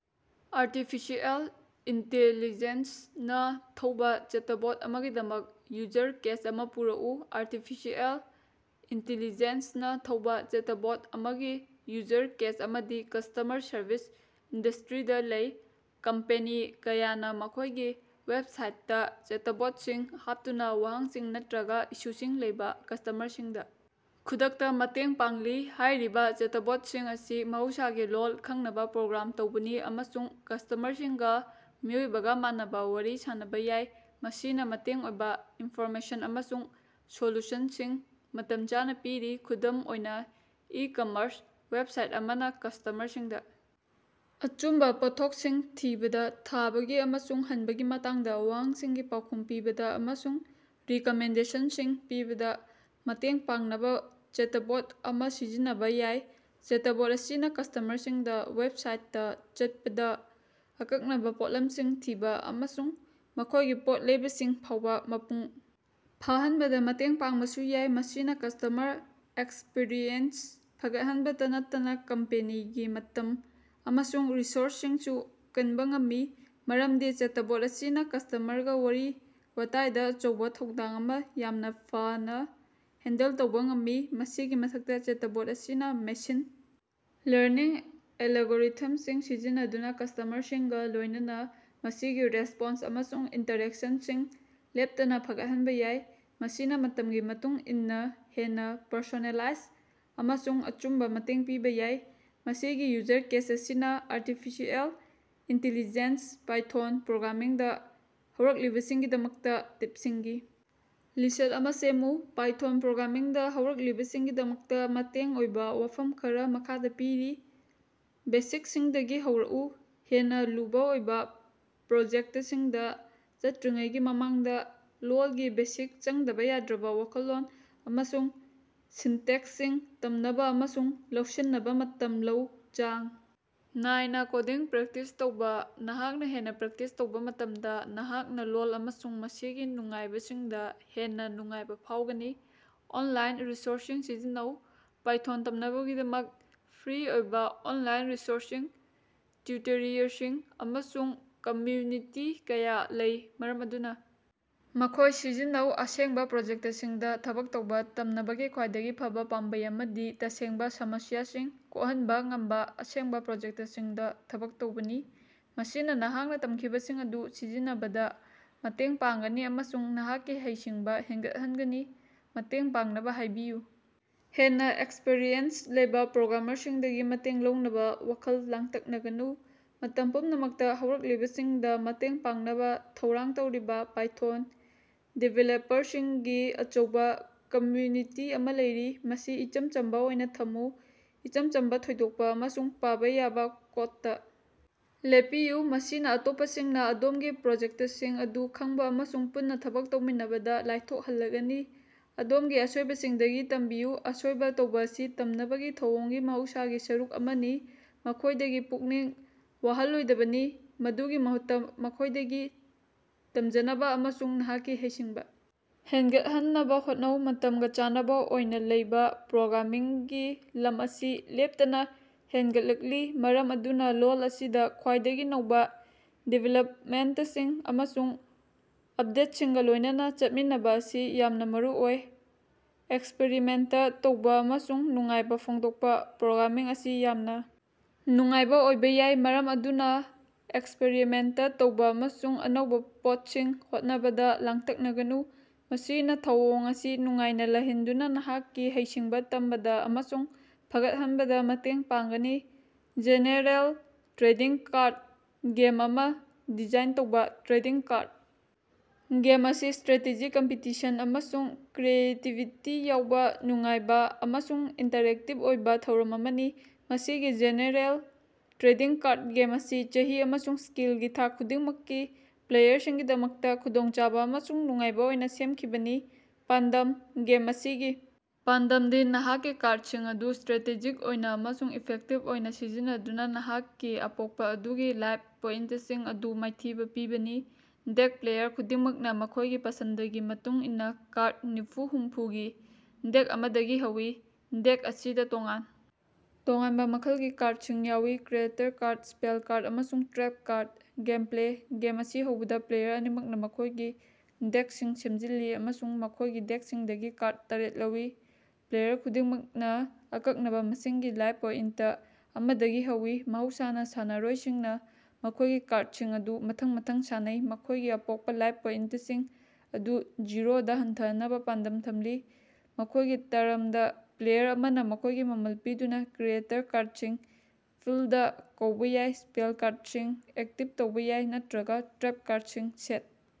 Artificial intelligence ꯅꯥ ꯊꯧꯕ chatbot ꯑꯃꯒꯤꯗꯃꯛ ꯌꯨꯖꯔ ꯀꯦꯁ ꯑꯃ ꯄꯨꯔꯛꯎ꯫ ꯑꯥꯔꯇꯤꯐꯤꯁꯤꯑꯦꯜ ꯏꯟꯇꯤꯂꯤꯖꯦꯟꯁꯅꯥ ꯊꯧꯕꯥ ꯆꯦꯇꯕꯣꯠ ꯑꯃꯒꯤ ꯌꯨꯖꯔ ꯀꯦꯁ ꯑꯃꯗꯤ ꯀꯁꯇꯃꯔ ꯁꯔꯚꯤꯁ ꯏꯟꯗꯁꯇ꯭ꯔꯤꯗ ꯂꯩ꯫ ꯀꯝꯄꯦꯅꯤ ꯀꯌꯥꯅ ꯃꯈꯣꯢꯒꯤ ꯋꯦꯕꯁꯥꯏꯠꯇ ꯆꯦꯇꯕꯣꯠꯁꯤꯡ ꯍꯥꯞꯇꯨꯅ ꯋꯥꯍꯪꯁꯤꯡ ꯅꯠꯇ꯭ꯔꯒ ꯏꯁꯨꯁꯤꯡ ꯂꯩꯕꯥ ꯀꯁꯇꯃꯔꯁꯤꯡꯗ ꯈꯨꯗꯛꯇ ꯃꯇꯦꯡ ꯄꯥꯡꯂꯤ꯫ ꯍꯥꯢꯔꯤꯕ ꯆꯦꯇꯕꯣꯠꯁꯤꯡ ꯑꯁꯤ ꯃꯍꯧꯁꯥꯒꯤ ꯂꯣꯜ ꯈꯪꯅꯕ ꯄ꯭ꯔꯣꯒ꯭ꯔꯥꯝ ꯇꯧꯕꯅꯤ ꯑꯃꯁꯨꯡ ꯀꯁꯇꯃꯔꯁꯤꯡꯒ ꯃꯤꯑꯣꯏꯕꯒ ꯃꯥꯟꯅꯕ ꯋꯥꯔꯤ ꯁꯥꯅꯕ ꯌꯥꯏ ꯃꯁꯤꯅ ꯃꯇꯦꯡ ꯑꯣꯏꯕ ꯏꯟꯐꯣꯔꯃꯦꯁꯟ ꯑꯃꯁꯨꯡ ꯁꯣꯂꯨꯁꯟꯁꯤꯡ ꯃꯇꯝ ꯆꯥꯅ ꯄꯤꯔꯤ꯫ ꯈꯨꯗꯝ ꯑꯣꯏꯅ ꯏ-ꯀꯃꯔꯁ ꯋꯦꯕꯁꯥꯏꯠ ꯑꯃꯅ ꯀꯁꯇꯃꯔꯁꯤꯡꯗ ꯑꯆꯨꯝꯕ ꯄꯣꯠꯊꯣꯛꯁꯤꯡ ꯊꯤꯕꯗ ꯊꯥꯕꯒꯤ ꯑꯃꯁꯨꯡ ꯍꯟꯕꯒꯤ ꯃꯇꯥꯡꯗ ꯋꯥꯍꯪꯁꯤꯡꯒꯤ ꯄꯥꯎꯈꯨꯝ ꯄꯤꯕꯗ ꯑꯃꯁꯨꯡ ꯔꯤꯀꯃꯦꯟꯗꯦꯁꯟꯁꯤꯡ ꯄꯤꯕꯗ ꯃꯇꯦꯡ ꯄꯥꯡꯅꯕ ꯆꯦꯇꯕꯣꯠ ꯑꯃ ꯁꯤꯖꯤꯟꯅꯕ ꯌꯥꯏ꯫ ꯆꯦꯇꯕꯣꯠ ꯑꯁꯤꯅ ꯀꯁꯇꯃꯔꯁꯤꯡꯗ ꯋꯦꯕꯁꯥꯏꯠꯇ ꯆꯠꯄꯗ ꯑꯀꯛꯅꯕ ꯄꯣꯠꯂꯝꯁꯤꯡ ꯊꯤꯕ ꯑꯃꯁꯨꯡ ꯃꯈꯣꯢꯒꯤ ꯄꯣꯠ ꯂꯩꯕꯁꯤꯡ ꯐꯥꯎꯕ ꯃꯄꯨꯡ ꯐꯥꯍꯟꯕꯗ ꯃꯇꯦꯡ ꯄꯥꯡꯕꯁꯨ ꯌꯥꯏ꯫ ꯃꯁꯤꯅꯥ ꯀꯁꯇꯃꯔ ꯑꯦꯛꯁꯄꯤꯔꯤꯑꯦꯟꯁ ꯐꯒꯠꯍꯟꯕꯇ ꯅꯠꯇꯅ ꯀꯝꯄꯦꯅꯤꯒꯤ ꯃꯇꯝ ꯑꯃꯁꯨꯡ ꯔꯤꯁꯣꯔꯁꯁꯤꯡꯁꯨ ꯀꯟꯕ ꯉꯝꯃꯤ ꯃꯔꯝꯗꯤ ꯆꯦꯇꯕꯣꯠ ꯑꯁꯤꯅ ꯀꯁꯇꯃꯔꯒ ꯋꯥꯔꯤ ꯋꯥꯇꯥꯏꯗ ꯑꯆꯧꯕ ꯊꯧꯗꯥꯡ ꯑꯃ ꯌꯥꯝꯅꯐꯥꯅ ꯍꯦꯟꯗꯜ ꯇꯧꯕ ꯉꯝꯃꯤ꯫ ꯃꯁꯤꯒꯤ ꯃꯊꯛꯇ ꯆꯦꯇꯕꯣꯠ ꯑꯁꯤꯅ ꯃꯦꯁꯤꯟ ꯂꯔꯅꯤꯡ ꯑꯦꯂꯒꯣꯔꯤꯊꯝꯁꯤꯡ ꯁꯤꯖꯤꯟꯅꯗꯨꯅ ꯀꯁꯇꯃꯔꯁꯤꯡꯒ ꯂꯣꯢꯅꯅ ꯃꯁꯤꯒꯤ ꯔꯦꯁꯄꯣꯟꯁ ꯑꯃꯁꯨꯡ ꯏꯟꯇꯔꯦꯛꯁꯟꯁꯤꯡ ꯂꯦꯞꯇꯅ ꯐꯒꯠꯍꯟꯕ ꯌꯥꯏ ꯃꯁꯤꯅ ꯃꯇꯝꯒꯤ ꯃꯇꯨꯡ ꯏꯟꯅ ꯍꯦꯟꯅ ꯄꯔꯁꯣꯅꯦꯂꯥꯏꯖ ꯑꯃꯁꯨꯡ ꯑꯆꯨꯝꯕ ꯃꯇꯦꯡ ꯄꯤꯕꯥ ꯌꯥꯏ꯫ ꯃꯁꯤꯒꯤ ꯌꯨꯖꯔ ꯀꯦꯁ ꯑꯁꯤꯅꯥ ꯑꯥꯔꯇꯤꯐꯤꯁꯤꯑꯦꯜ ꯏꯟꯇꯤꯂꯤꯖꯦꯟꯁ ꯄꯥꯏꯊꯣꯟ ꯄ꯭ꯔꯣꯒ꯭ꯔꯥꯃꯤꯡꯗ ꯍꯧꯔꯛꯂꯤꯕꯁꯤꯡꯒꯤꯗꯃꯛꯇ ꯇꯤꯞꯁꯤꯡꯒꯤ ꯂꯤꯁꯠ ꯑꯃ ꯁꯦꯝꯃꯨ꯫ ꯄꯥꯏꯊꯣꯟ ꯄ꯭ꯔꯣꯒ꯭ꯔꯥꯃꯤꯡꯗ ꯍꯧꯔꯛꯂꯤꯕꯁꯤꯡꯒꯤꯗꯃꯛꯇ ꯃꯇꯦꯡ ꯑꯣꯏꯕ ꯋꯥꯐꯝ ꯈꯔꯥ ꯃꯈꯥꯗ ꯄꯤꯔꯤ: ꯕꯦꯁꯤꯛꯁꯤꯡꯗꯒꯤ ꯍꯧꯔꯛꯎ: ꯍꯦꯟꯅ ꯂꯨꯕ ꯑꯣꯏꯕ ꯄ꯭ꯔꯣꯖꯦꯛꯇꯁꯤꯡꯗ ꯆꯠꯇ꯭ꯔꯤꯉꯩꯒꯤ ꯃꯃꯥꯡꯗ ꯂꯣꯜꯒꯤ ꯕꯦꯁꯤꯛ ꯆꯪꯗꯕ ꯌꯥꯗ꯭ꯔꯕ ꯋꯥꯈꯜꯂꯣꯟ ꯑꯃꯁꯨꯡ ꯁꯤꯟꯇꯦꯛꯁꯁꯤꯡ ꯇꯝꯅꯕ ꯑꯃꯁꯨꯡ ꯂꯧꯁꯤꯟꯅꯕ ꯃꯇꯝ ꯂꯧ꯫ ꯆꯥꯡ ꯅꯥꯏꯅ ꯀꯣꯗꯤꯡ ꯄ꯭ꯔꯦꯛꯇꯤꯁ ꯇꯧꯕꯥ: ꯅꯍꯥꯛꯅ ꯍꯦꯟꯅ ꯄ꯭ꯔꯦꯛꯇꯤꯁ ꯇꯧꯕ ꯃꯇꯝꯗ ꯅꯍꯥꯛꯅ ꯂꯣꯜ ꯑꯃꯁꯨꯡ ꯃꯁꯤꯒꯤ ꯅꯨꯡꯉꯥꯏꯕꯁꯤꯡꯗ ꯍꯦꯟꯅ ꯅꯨꯡꯉꯥꯏꯕ ꯐꯥꯎꯒꯅꯤ꯫ ꯑꯣꯟꯂꯥꯏꯟ ꯔꯤꯁꯣꯔꯁꯁꯤꯡ ꯁꯤꯖꯤꯟꯅꯧ: ꯄꯥꯏꯊꯣꯟ ꯇꯝꯅꯕꯒꯤꯗꯃꯛ ꯐ꯭ꯔꯤ ꯑꯣꯏꯕ ꯑꯣꯟꯂꯥꯏꯟ ꯔꯤꯁꯣꯔꯁꯁꯤꯡ, ꯇ꯭ꯌꯨꯇꯔꯤꯌꯔꯁꯤꯡ ꯑꯃꯁꯨꯡ ꯀꯝꯃ꯭ꯌꯨꯅꯤꯇꯤ ꯀꯌꯥ ꯂꯩ ꯃꯔꯝ ꯑꯗꯨꯅ ꯃꯈꯣꯢ ꯁꯤꯖꯤꯟꯅꯧ꯫ ꯑꯁꯦꯡꯕ ꯄ꯭ꯔꯣꯖꯦꯛꯇꯁꯤꯡꯗ ꯊꯕꯛ ꯇꯧꯕꯥ: ꯇꯝꯅꯕꯒꯤ ꯈ꯭ꯋꯥꯏꯗꯒꯤ ꯐꯕ ꯄꯥꯝꯕꯩ ꯑꯃꯗꯤ ꯇꯁꯦꯡꯕ ꯁꯃꯁ꯭ꯌꯥꯁꯤꯡ ꯀꯣꯛꯍꯟꯕ ꯉꯝꯕ ꯑꯁꯦꯡꯕ ꯄ꯭ꯔꯣꯖꯦꯛꯇꯁꯤꯡꯗ ꯊꯕꯛ ꯇꯧꯕꯅꯤ꯫ ꯃꯁꯤꯅ ꯅꯍꯥꯛꯅ ꯇꯝꯈꯤꯕꯁꯤꯡ ꯑꯗꯨ ꯁꯤꯖꯤꯟꯅꯕꯗ ꯃꯇꯦꯡ ꯄꯥꯡꯒꯅꯤ ꯑꯃꯁꯨꯡ ꯅꯍꯥꯛꯀꯤ ꯍꯩꯁꯤꯡꯕ ꯍꯦꯟꯒꯠꯍꯟꯒꯅꯤ꯫ ꯃꯇꯦꯡ ꯄꯥꯡꯅꯕ ꯍꯥꯢꯕꯤꯌꯨ: ꯍꯦꯟꯅ ꯑꯦꯛꯁꯄꯔꯤꯌꯦꯟꯁ ꯂꯩꯕ ꯄ꯭ꯔꯣꯒ꯭ꯔꯥꯃꯔꯁꯤꯡꯗꯒꯤ ꯃꯇꯦꯡ ꯂꯧꯅꯕ ꯋꯥꯈꯜ ꯂꯥꯡꯇꯛꯅꯒꯅꯨ꯫ ꯃꯇꯝ ꯄꯨꯝꯅꯃꯛꯇ ꯍꯧꯔꯛꯂꯤꯕꯁꯤꯡꯗ ꯃꯇꯦꯡ ꯄꯥꯡꯅꯕ ꯊꯧꯔꯥꯡ ꯇꯧꯔꯤꯕ ꯄꯥꯏꯊꯣꯟ ꯗꯤꯕꯦꯂꯄꯔꯁꯤꯡꯒꯤ ꯑꯆꯧꯕ ꯀꯝꯃ꯭ꯌꯨꯅꯤꯇꯤ ꯑꯃ ꯂꯩꯔꯤ꯫ ꯃꯁꯤ ꯏꯆꯝ ꯆꯝꯕ ꯑꯣꯏꯅ ꯊꯝꯃꯨ: ꯏꯆꯝ ꯆꯝꯕ ꯊꯣꯏꯗꯣꯛꯄ ꯑꯃꯁꯨꯡ ꯄꯥꯕ ꯌꯥꯕ ꯀꯣꯗꯇꯥ ꯂꯦꯞꯄꯤꯌꯨ꯫ ꯃꯁꯤꯅ ꯑꯇꯣꯞꯄꯁꯤꯡꯅ ꯑꯗꯣꯝꯒꯤ ꯄ꯭ꯔꯣꯖꯦꯛꯇꯁꯤꯡ ꯑꯗꯨ ꯈꯪꯕ ꯑꯃꯁꯨꯡ ꯄꯨꯟꯅ ꯊꯕꯛ ꯇꯧꯃꯤꯟꯅꯕꯗ ꯂꯥꯏꯊꯣꯛꯍꯜꯂꯒꯅꯤ꯫ ꯑꯗꯣꯝꯒꯤ ꯑꯁꯣꯏꯕꯁꯤꯡꯗꯒꯤ ꯇꯝꯕꯤꯌꯨ: ꯑꯁꯣꯏꯕ ꯇꯧꯕ ꯑꯁꯤ ꯇꯝꯅꯕꯒꯤ ꯊꯧꯑꯣꯡꯒꯤ ꯃꯍꯧꯁꯥꯒꯤ ꯁꯔꯨꯛ ꯑꯃꯅꯤ꯫ ꯃꯈꯣꯢꯗꯒꯤ ꯄꯨꯛꯅꯤꯡ ꯋꯥꯍꯜꯂꯣꯏꯗꯕꯅꯤ꯫ ꯃꯗꯨꯒꯤ ꯃꯍꯨꯠꯇ ꯃꯈꯣꯢꯗꯒꯤ ꯇꯃꯖꯅꯕ ꯑꯃꯁꯨꯡ ꯅꯍꯥꯛꯀꯤ ꯍꯩꯁꯤꯡꯕ ꯍꯦꯟꯒꯠꯍꯟꯅꯕ ꯍꯣꯠꯅꯧ꯫ ꯃꯇꯝꯒ ꯆꯥꯟꯅꯕ ꯑꯣꯏꯅ ꯂꯩꯕꯥ: ꯄ꯭ꯔꯣꯒ꯭ꯔꯥꯃꯤꯡꯒꯤ ꯂꯝ ꯑꯁꯤ ꯂꯦꯞꯇꯅ ꯍꯦꯟꯒꯠꯂꯛꯂꯤ ꯃꯔꯝ ꯑꯗꯨꯅ ꯂꯣꯜ ꯑꯁꯤꯗ ꯈ꯭ꯋꯥꯏꯗꯒꯤ ꯅꯧꯕ ꯗꯤꯕꯦꯂꯞꯃꯦꯟꯇꯁꯤꯡ ꯑꯃꯁꯨꯡ ꯑꯞꯗꯦꯠꯁꯤꯡꯒ ꯂꯣꯢꯅꯅꯥ ꯆꯠꯃꯤꯟꯅꯕ ꯑꯁꯤ ꯌꯥꯝꯅ ꯃꯔꯨꯑꯣꯏ꯫ ꯑꯦꯛꯁꯄꯔꯤꯃꯦꯟꯇ ꯇꯧꯕ ꯑꯃꯁꯨꯡ ꯅꯨꯡꯉꯥꯏꯕ ꯐꯣꯡꯗꯣꯛꯄꯥ: ꯄ꯭ꯔꯣꯒ꯭ꯔꯥꯃꯤꯡ ꯑꯁꯤ ꯌꯥꯝꯅ ꯅꯨꯡꯉꯥꯏꯕ ꯑꯣꯏꯕ ꯌꯥꯏ ꯃꯔꯝ ꯑꯗꯨꯅ ꯑꯦꯛꯁꯄꯔꯤꯃꯦꯟꯇ ꯇꯧꯕ ꯑꯃꯁꯨꯡ ꯑꯅꯧꯕ ꯄꯣꯠꯁꯤꯡ ꯍꯣꯠꯅꯕꯗ ꯂꯥꯡꯇꯛꯅꯒꯅꯨ꯫ ꯃꯁꯤꯅ ꯊꯧꯑꯣꯡ ꯑꯁꯤ ꯅꯨꯡꯉꯥꯏꯅ ꯂꯩꯍꯟꯗꯨꯅ ꯅꯍꯥꯛꯀꯤ ꯍꯩꯁꯤꯡꯕ ꯇꯝꯕꯗ ꯑꯃꯁꯨꯡ ꯐꯒꯠꯍꯟꯕꯗ ꯃꯇꯦꯡ ꯄꯥꯡꯒꯅꯤ꯫ ꯖꯦꯅꯦꯔꯦꯜ ꯇ꯭ꯔꯦꯗꯤꯡ ꯀꯥꯔꯗ ꯒꯦꯝ ꯑꯃ ꯗꯤꯖꯥꯏꯟ ꯇꯧꯕ꯫ ꯇ꯭ꯔꯦꯗꯤꯡ ꯀꯥꯔꯗ ꯒꯦꯝ ꯑꯁꯤ ꯁꯇ꯭ꯔꯦꯇꯦꯖꯤ ꯀꯝꯄꯤꯇꯤꯁꯟ ꯑꯃꯁꯨꯡ ꯀ꯭ꯔꯤꯌꯦꯇꯤꯕꯤꯇꯤ ꯌꯥꯎꯕ ꯅꯨꯡꯉꯥꯏꯕ ꯑꯃꯁꯨꯡ ꯏꯟꯇꯔꯦꯛꯇꯤꯕ ꯑꯣꯏꯕ ꯊꯧꯔꯝ ꯑꯃꯅꯤ꯫ ꯃꯁꯤꯒꯤ ꯖꯦꯅꯦꯔꯦꯜ ꯇ꯭ꯔꯦꯗꯤꯡ ꯀꯥꯔꯗ ꯒꯦꯝ ꯑꯁꯤ ꯆꯍꯤ ꯑꯃꯁꯨꯡ ꯁ꯭ꯀꯤꯜꯒꯤ ꯊꯥꯛ ꯈꯨꯗꯤꯡꯃꯛꯀꯤ ꯄ꯭ꯂꯦꯌꯔꯁꯤꯡꯒꯤꯗꯃꯛꯇ ꯈꯨꯗꯣꯡꯆꯥꯕ ꯑꯃꯁꯨꯡ ꯅꯨꯡꯉꯥꯏꯕ ꯑꯣꯏꯅ ꯁꯦꯝꯈꯤꯕꯅꯤ꯫ ꯄꯥꯟꯗꯝ: ꯒꯦꯝ ꯑꯁꯤꯒꯤ ꯄꯥꯟꯗꯝꯗꯤ ꯅꯍꯥꯛꯀꯤ ꯀꯥꯔꯗꯁꯤꯡ ꯑꯗꯨ ꯁꯇ꯭ꯔꯦꯇꯦꯖꯤꯛ ꯑꯣꯏꯅ ꯑꯃꯁꯨꯡ ꯏꯐꯦꯛꯇꯤꯚ ꯑꯣꯏꯅ ꯁꯤꯖꯤꯟꯅꯗꯨꯅ ꯅꯍꯥꯛꯀꯤ ꯑꯄꯣꯛꯄ ꯑꯗꯨꯒꯤ ꯂꯥꯏꯐ ꯄꯣꯏꯟꯇꯁꯤꯡ ꯑꯗꯨ ꯃꯥꯏꯊꯤꯕꯥ ꯄꯤꯕꯅꯤ꯫ ꯗꯦꯛ: ꯄ꯭ꯂꯦꯌꯔ ꯈꯨꯗꯤꯡꯃꯛꯅꯥ ꯃꯈꯣꯢꯒꯤ ꯄꯁꯟꯗꯒꯤ ꯃꯇꯨꯡ ꯏꯟꯅ ꯀꯥꯔꯗ ꯅꯤꯐꯨ-ꯍꯨꯝꯐꯨꯒꯤ ꯗꯦꯛ ꯑꯃꯗꯒꯤ ꯍꯧꯏ꯫ ꯗꯦꯛ ꯑꯁꯤꯗ ꯇꯣꯉꯥꯟ ꯇꯣꯉꯥꯟꯕ ꯃꯈꯜꯒꯤ ꯀꯥꯔꯗꯁꯤꯡ ꯌꯥꯎꯏ: ꯀ꯭ꯔꯤꯌꯦꯇꯔ ꯀꯥꯔꯗ, ꯁ꯭ꯄꯦꯜ ꯀꯥꯔꯗ ꯑꯃꯁꯨꯡ ꯇ꯭ꯔꯦꯞ ꯀꯥꯔꯗ꯫ ꯒꯦꯝꯄ꯭ꯂꯦ: ꯒꯦꯝ ꯑꯁꯤ ꯍꯧꯕꯗ ꯄ꯭ꯂꯦꯌꯔ ꯑꯅꯤꯃꯛꯅ ꯃꯈꯣꯢꯒꯤ ꯗꯦꯛꯁꯤꯡ ꯁꯦꯝꯖꯤꯜꯂꯤ ꯑꯃꯁꯨꯡ ꯃꯈꯣꯢꯒꯤ ꯗꯦꯛꯁꯤꯡꯗꯒꯤ ꯀꯥꯔꯗ ꯇꯔꯦꯠ ꯂꯧꯏ꯫ ꯄ꯭ꯂꯦꯌꯔ ꯈꯨꯗꯤꯡꯃꯛꯅ ꯑꯀꯛꯅꯕ ꯃꯁꯤꯡꯒꯤ ꯂꯥꯏꯐ ꯄꯣꯏꯟꯇ ꯑꯃꯗꯒꯤ ꯍꯧꯏ ꯃꯍꯧꯁꯥꯅ ꯁꯥꯟꯅꯔꯣꯏ ꯁꯤꯡꯅ ꯃꯈꯣꯢꯒꯤ ꯀꯥꯔꯗꯁꯤꯡ ꯑꯗꯨ ꯃꯊꯪ ꯃꯊꯪ ꯁꯥꯟꯅꯩ ꯃꯈꯣꯢꯒꯤ ꯑꯄꯣꯛꯄ ꯂꯥꯏꯐ ꯄꯣꯏꯟꯇꯁꯤꯡ ꯑꯗꯨ ꯖꯤꯔꯣꯗ ꯍꯟꯊꯍꯟꯅꯕ ꯄꯥꯟꯗꯝ ꯊꯝꯂꯤ꯫ ꯃꯈꯣꯢꯒꯤ ꯇꯥꯔꯝꯗ ꯄ꯭ꯂꯦꯌꯔ ꯑꯃꯅ ꯃꯈꯣꯢꯒꯤ ꯃꯃꯜ ꯄꯤꯗꯨꯅ ꯀ꯭ꯔꯤꯌꯦꯇꯔ ꯀꯥꯔꯗꯁꯤꯡ ꯐꯤꯜꯗꯗꯥ ꯀꯧꯕꯥ ꯌꯥꯏ ꯁ꯭ꯄꯦꯜ ꯀꯥꯔꯗꯁꯤꯡ ꯑꯦꯛꯇꯤꯕ ꯇꯧꯕ ꯌꯥꯏ ꯅꯠꯇ꯭ꯔꯒ ꯇ꯭ꯔꯦꯞ ꯀꯥꯔꯗꯁꯤꯡ ꯁꯦꯠ